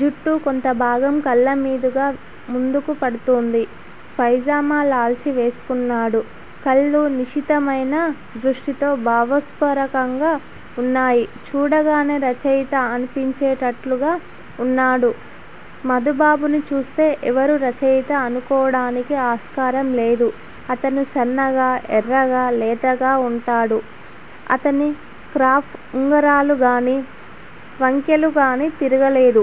జుట్టు కొంతభాగం కళ్లమీదుగా ముందుకు పడుతోంది. పైజమా, లాల్చీ వేసుకున్నాడు. కళ్ళు నిశితమైన దృష్టితో, భావస్ఫోరకంగా వున్నాయి. చూడగానే రచయిత అనిపించేటట్లుగా వున్నాడు. మధుబాబుని చూస్తే ఎవ్వరూ రచయిత అనుకోవడానికి ఆస్కారం లేదు. అతను సన్నగా, ఎర్రగా, లేతగా వుంటాడు. అతని క్రాఫ్ ఉంగరాలుగాని, వంకెలుగాని తిరగలేదు.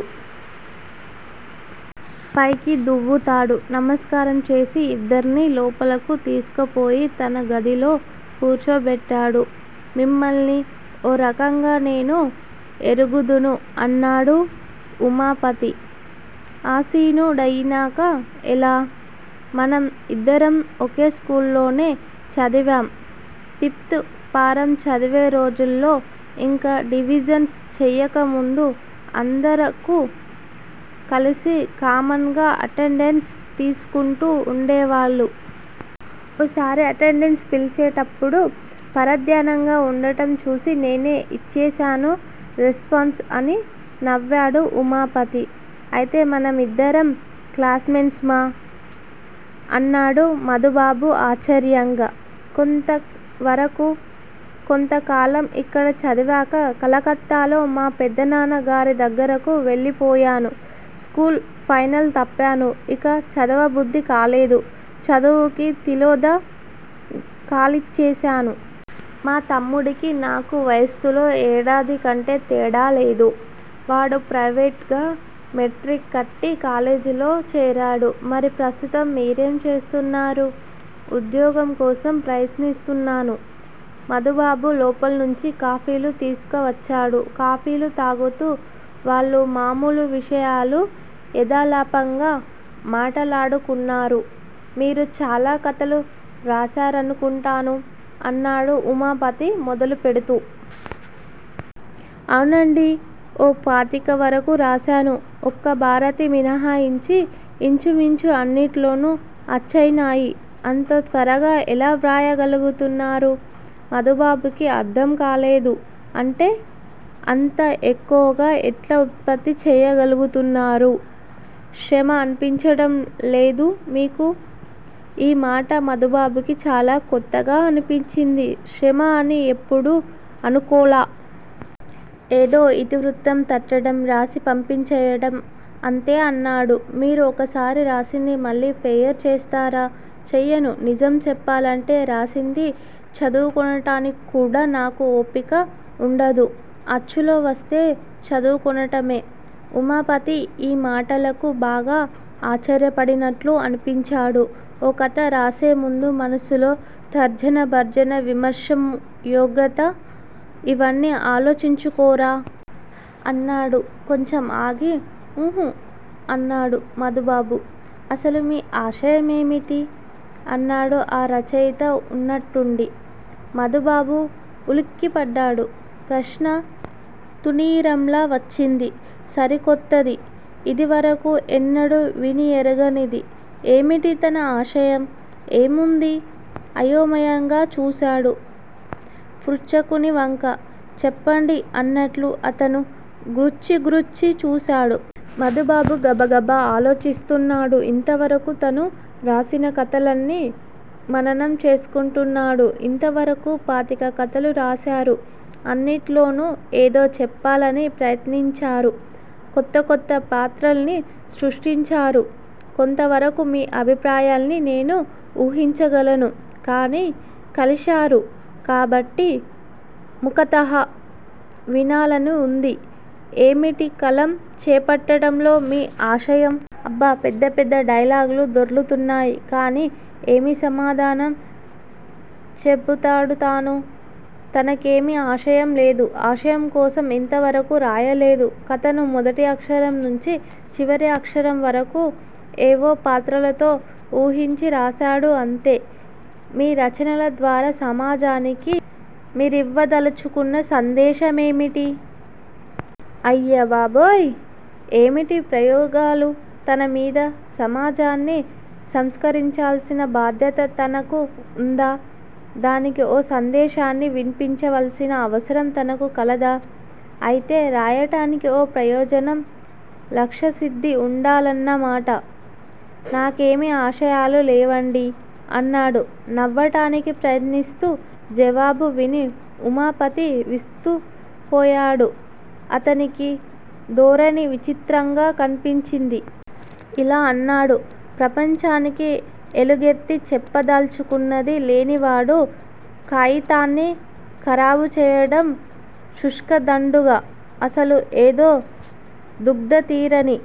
పైకి దువ్వుతాడు. నమస్కారంచేసి ఇద్దర్నీ లోపలకు తీసుకుపోయి తనగదిలో కూర్చోబెట్టాడు. మిమ్మల్ని ఓ రకంగా నేను యెరుగుదును అన్నాడు ఉమాపతి ఆసీను డయినాక. ఎలా? మనం ఇద్దరం ఒకే స్కూల్లోనే చదివాం, ఫిప్త్ ఫారం చదివేరోజుల్లో ఇంకా డివిజన్స్ చెయ్యకముందు అందరకూ కలసి కామన్గా అటెండెన్స్ తీసుకుంటూ వుండేవాళ్లు. ఓసారి అటెండెన్స్ పిలిచేటప్పుడు పరధ్యానంగా వుండటంచూసి నేనే ఇచ్చేశాను రెస్పాన్స్ అని నవ్వాడు ఉమాపతి. అయితే మనమిద్దరం క్లాసుమెట్సుమా? అన్నాడు మధుబాబు ఆశ్చర్యంగా. కొంతవరకూ కొంతకాలం ఇక్కడ చదివాక కలకత్తాలో మా పెదనాన్నగారి దగ్గరకు వెళ్లిపోయాను. School final తప్పాను. ఇక చదవబుద్ధి కాలేదు. చదువుకి తిలోదకాలిచ్చేశాను. మా తమ్ముడికీ నాకూ వయస్సులో ఏడాదికంటే తేడాలేదు. వాడు ప్రైవేట్ గా మెట్రిక్ కట్టి కాలేజీలో చేరాడు. మరి ప్రస్తుతం మీరేం చేస్తున్నారు? ఉద్యోగంకోసం ప్రయత్నిస్తున్నాను. మధుబాబు లోపల్నుంచి కాఫీలు తీసుకువచ్చాడు. కాఫీలు త్రాగుతూ వాళ్ళు మామూలు విషయాలు యధాలాపంగా మాటలాడుకున్నారు. మీరు చాలా కథలు రాశారనుకుంటాను అన్నాడు ఉమాపతి మొదలు పెడ్తూ. ఔనండీ! ఓ పాతికవరకూ రాశాను. ఒక్క భారతి మినహాయించి, ఇంచుమించు అన్నిట్లోనూ అచ్చయినాయి. అంత త్వరగా ఎలా వ్రాయగలుగుతున్నారు? మధుబాబుకి అర్థంకాలేదు. అంటే? అంత యెక్కువగా యెట్లా ఉత్పత్తి చేయగలుగుతున్నారు? శ్రమ అనిపించటం లేదూ మీకు? ఈ మాట మధుబాబుకి చాలాకొత్తగా అనిపించింది. శ్రమ అని యెప్పుడూ అనుకోలా. ఏదో ఇతివృత్తం తట్టడం, రాసి పంపించేయటం అంతే అన్నాడు. మీరు ఒకసారి రాసింది మళ్ళీ ఫెయిర్ చేస్తారా? చెయ్యను. నిజం చెప్పాలంటే రాసింది చదువుకొనటానిక్కూడా నాకు ఓపిక వుండదు. అచ్చులో వస్తే చదువుకొనటమే. ఉమాపతి యీ మాటలకు బాగా ఆశ్చర్యపడినట్లు అనిపించాడు. ఓ కథ రాసేముందు మనసులో తర్జనభర్జన, విమర్శమ్ యోగ్యత ఇవన్నీ ఆలోచించుకోరా? అన్నాడు కొంచెం ఆగి. ఉహుఁ అన్నాడు మధుబాబు. అసలు మీ ఆశయం ఏమిటి? ' అన్నాడు ఆ రచయిత వున్నట్టుండి. మధుబాబు ఉలిక్కిపడ్డాడు. ప్రశ్న తూణీరంలా వచ్చింది. సరికొత్తది. యిదివరకు ఎన్నడూ విని యెరుగనిది. ఏమిటి తన ఆశయం? ఏముంది? అయోమయంగా చూశాడు పృచ్చకునివంక. చెప్పండి అన్నట్లు అతను గ్రుచ్చి గ్రుచ్చి చూశాడు. మధుబాబు గబగబ ఆలోచిస్తున్నాడు. ఇంతవరకు తాను రాసిన కథలన్నీ మననం చేసుకుంటున్నాడు. ఇంతవరకూ పాతిక కథలు రాశారు. అన్నిట్లోనూ ఏదో చెప్పాలని ప్రయత్నించారు. కొత్త కొత్త పాత్రల్ని సృష్టించారు. కొంతవరకు మీ అభిప్రాయాల్ని నేను వూహించగలను. కానీ కలిశారు కాబట్టి ముఖతః వినాలని వుంది. ఏమిటి కలం చేపట్టటంలో మీ ఆశయం? అబ్బ! పెద్ద పెద్ద డైలాగులు దొర్లుతున్నాయి. కాని ఏమి సమాధానం చెబుతాడు తాను! తనకేమీ ఆశయం లేదు. ఆశయం కోసం యింతవరకూ రాయలేదు. కథను మొదటి అక్షరంనుంచీ చివరి అక్షరం వరకూ ఏవో పాత్రలతో వూహించి రాశాడు అంతే. మీ రచనల ద్వారా సమాజానికి మీరివ్వదలచుకున్న సందేశమేమిటి? అయ్యబాబోయ్! ఏమిటీ ప్రయోగాలు తనమీద? సమాజాన్ని సంస్కరించాల్సిన బాధ్యతతనకు ఉందా? దానికి ఓ సందేశాన్ని వినిపించవలసిన అవసరం తనకు కలదా? ఐతే రాయటానికి ఓ ప్రయోజనం, లక్ష్యసిద్ధీ వుండాలన్న మాట. నాకేమీ ఆశయాలు లేవండీ అన్నాడు నవ్వటానికి ప్రయత్నిస్తూ. జవాబు విని ఉమాపతి విస్తుపోయాడు. అతనికీ ధోరణి విచిత్రంగా కన్పించింది. ఇలా అన్నాడు. ప్రపంచానికి ఎలుగెత్తి చెప్పదల్చుకున్నది లేనినాడు కాయితాన్ని ఖరాబు చేయటం శుష్క దండుగ. అసలు ఏదో దుగ్ధ, తీరని